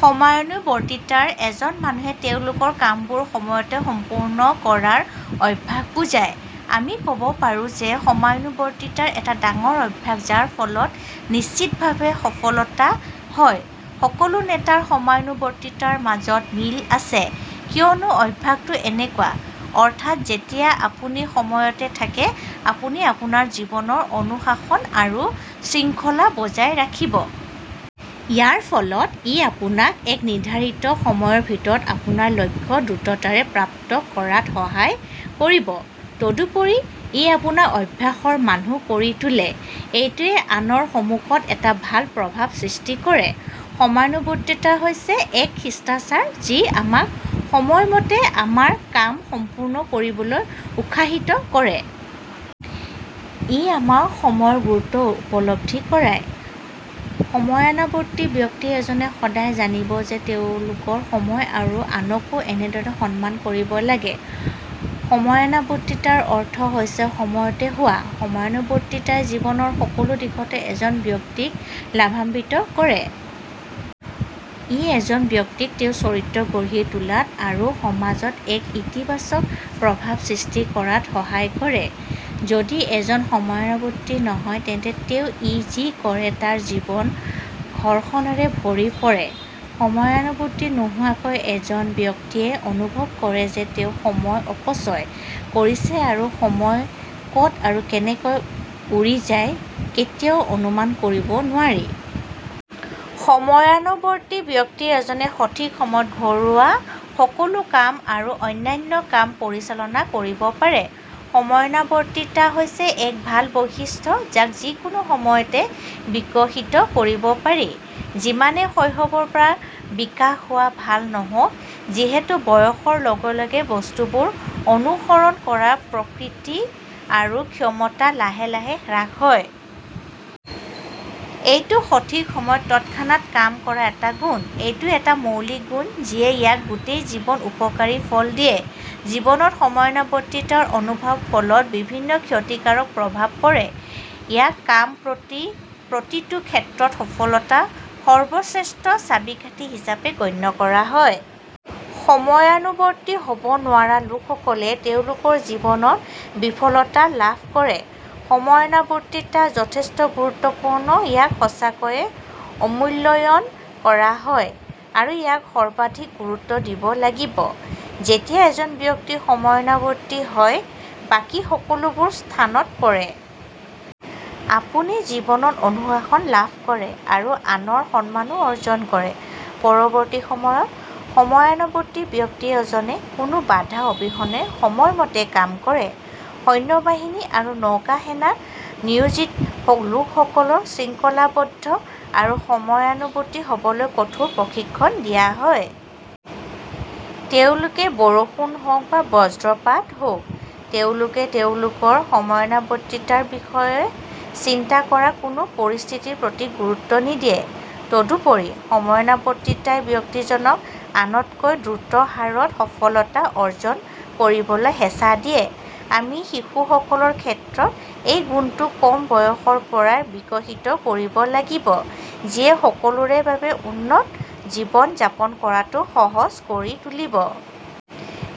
সময়ানুৱৰ্তীতাই এজন মানুহে তেওঁলোকৰ কামবোৰ সময়মতে সম্পূৰ্ণ কৰাৰ অভ্যাসক বুজায়। আমি ক'ব পাৰোঁ যে সময়ানুৱৰ্তীতা এটা ডাঙৰ অভ্যাস যাৰ ফলত নিশ্চিতভাৱে সফলতা হয়। সকলো নেতাৰ সময়ানুৱৰ্তীতাৰ মাজত মিল আছে কিয়নো অভ্যাসটো এনেকুৱা। অৰ্থাৎ, যেতিয়া আপুনি সময়মতে থাকে, আপুনি আপোনাৰ জীৱনৰ অনুশাসন আৰু শৃংখলা বজাই ৰাখিব। ইয়াৰ ফলত, ই আপোনাক এক নিৰ্ধাৰিত সময়ৰ ভিতৰত আপোনাৰ লক্ষ্য দ্ৰুততাৰে প্ৰাপ্ত কৰাত সহায় কৰিব। তদুপৰি, ই আপোনাক অভ্যাসৰ মানুহ কৰি তোলে। এইটোৱে আনৰ সন্মুখত এটা ভাল প্ৰভাৱ সৃষ্টি কৰে। সময়ানুৱৰ্তীতা হৈছে এক শিষ্টাচাৰ যি আমাক সময়মতে আমাৰ কাম সম্পূৰ্ণ কৰিবলৈ উৎসাহিত কৰে। ই আমাক সময়ৰ গুৰুত্ব উপলব্ধি কৰায়। সময়ানুৱৰ্তী ব্যক্তি এজনে সদায় জানিব যে তেওঁলোকৰ সময় আৰু আনকো কেনেদৰে সন্মান কৰিব লাগে। সময়ানুৱৰ্তীতাৰ অৰ্থ হৈছে সময়মতে হোৱা। সময়ানুৱৰ্তীতাই জীৱনৰ সকলো দিশতে এজন ব্যক্তিক লাভান্বিত কৰে। ই এজন ব্যক্তিক তেওঁৰ চৰিত্ৰ গঢ়ি তোলাত আৰু সমাজত এক ইতিবাচক প্ৰভাৱ সৃষ্টি কৰাত সহায় কৰে। যদি এজন সময়ানুৱৰ্তী নহয়, তেন্তে তেওঁ াই যি কৰে তাৰ জীৱন ঘৰ্ষণেৰে ভৰি পৰে। সময়ানুৱৰ্তী নোহোৱাকৈ, এজন ব্যক্তিয়ে অনুভৱ কৰে যে তেওঁ সময় অপচয় কৰিছে আৰু সময় ক'ত আৰু কেনেকৈ উৰিযায়, কেতিয়াও অনুমান কৰিব নোৱাৰি। সময়ানুৱৰ্তী ব্যক্তি এজনে সঠিক সময়ত ঘৰুৱা সকলো কাম আৰু অন্যান্য কাম পৰিচালনা কৰিব পাৰে। সময়ানুৱৰ্তীতা হৈছে এক ভাল বৈশিষ্ট্য যাক যিকোনো বয়সতে বিকশিত কৰিব পাৰি যিমানেই শৈশৱৰ পৰা বিকাশ হোৱা ভাল নহওঁক; যিহেতু বয়সৰ লগে লগে বস্তুবোৰ অনুসৰণ কৰাৰ প্ৰকৃতি আৰু ক্ষমতা লাহে লাহে হ্ৰাস হয়। এইটো সঠিক সময়ত তৎক্ষণাৎ কাম কৰাৰ এটা গুণ। এইটো এটা মৌলিক গুণ যিয়ে ইয়াক গোটেই জীৱন উপকাৰী ফল দিয়ে। জীৱনত সময়ানুৱৰ্তীতাৰ অভাৱৰ ফলত বিভিন্ন ক্ষতিকাৰক প্ৰভাৱ পৰে। ইয়াক কামৰ প্ৰতিটো ক্ষেত্ৰত সফলতাৰ সৰ্বশ্ৰেষ্ঠ চাবিকাঠি হিচাপে গণ্য কৰা হয়। সময়ানুৱৰ্তী হ'ব নোৱাৰা লোকসকলে তেওঁলোকৰ জীৱনত বিফলতা লাভ কৰে। সময়ানুৱৰ্তীতা যথেষ্ট গুৰুত্বপূৰ্ণ, ইয়াক সঁচাকৈয়ে অৱমূল্যায়ন কৰা হয় আৰু ইয়াক সৰ্বাধিক গুৰুত্ব দিব লাগিব। যেতিয়া এজন ব্যক্তি সময়ানুৱৰ্তী হয়, বাকী সকলো বোৰ স্থানত পৰে। আপুনি জীৱনত অনুশাসন লাভ কৰে আৰু আনৰ সন্মানও অৰ্জন কৰে। পৰৱৰ্তী সময়ত, সময়ানুৱৰ্তী ব্যক্তি এজনে কোনো বাধা অবিহনে সময়মতে কাম কৰে। সৈন্য বাহিনী আৰু নৌসেনাত নিয়োজিত লোকসকলক শৃংখলাবদ্ধ আৰু সময়ানুৱৰ্তী হ'বলৈ কঠোৰ প্ৰশিক্ষণ দিয়া হয়। তেওঁলোকে বৰষুণ হওঁক বা বজ্ৰপাত হওঁক, তেওঁলোকে তেওঁলোকৰ সময়ানুৱৰ্তীতাৰ বিষয়ে চিন্তা কৰা কোনো পৰিস্থিতিৰ প্ৰতি গুৰুত্ব নিদিয়ে। তদুপৰি, সময়ানুৱৰ্তীতাই ব্যক্তিজনক আনতকৈ দ্ৰুত হাৰত সফলতা অৰ্জন কৰিবলৈ হেঁচা দিয়ে। আমি শিশুসকলৰ ক্ষেত্ৰত এই গুণটো কম বয়সৰ পৰাই বিকশিত কৰিব লাগিব যিয়ে সকলোৰে বাবে উন্নত জীৱন যাপন কৰাটো সহজ কৰি তুলিব।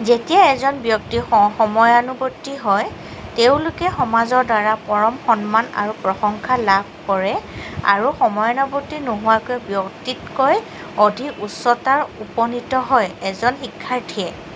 যেতিয়া এজন ব্যক্তি সময়ানুৱৰ্তী হয়, তেওঁলোকে সমাজৰ দ্বাৰা পৰম সন্মান আৰু প্ৰশংসা লাভ কৰে আৰু সময়ানুৱৰ্তী নোহোৱা ব্যক্তিতকৈ অধিক উচ্চতাত উপনীত হয়। এজন শিক্ষাৰ্থীয়ে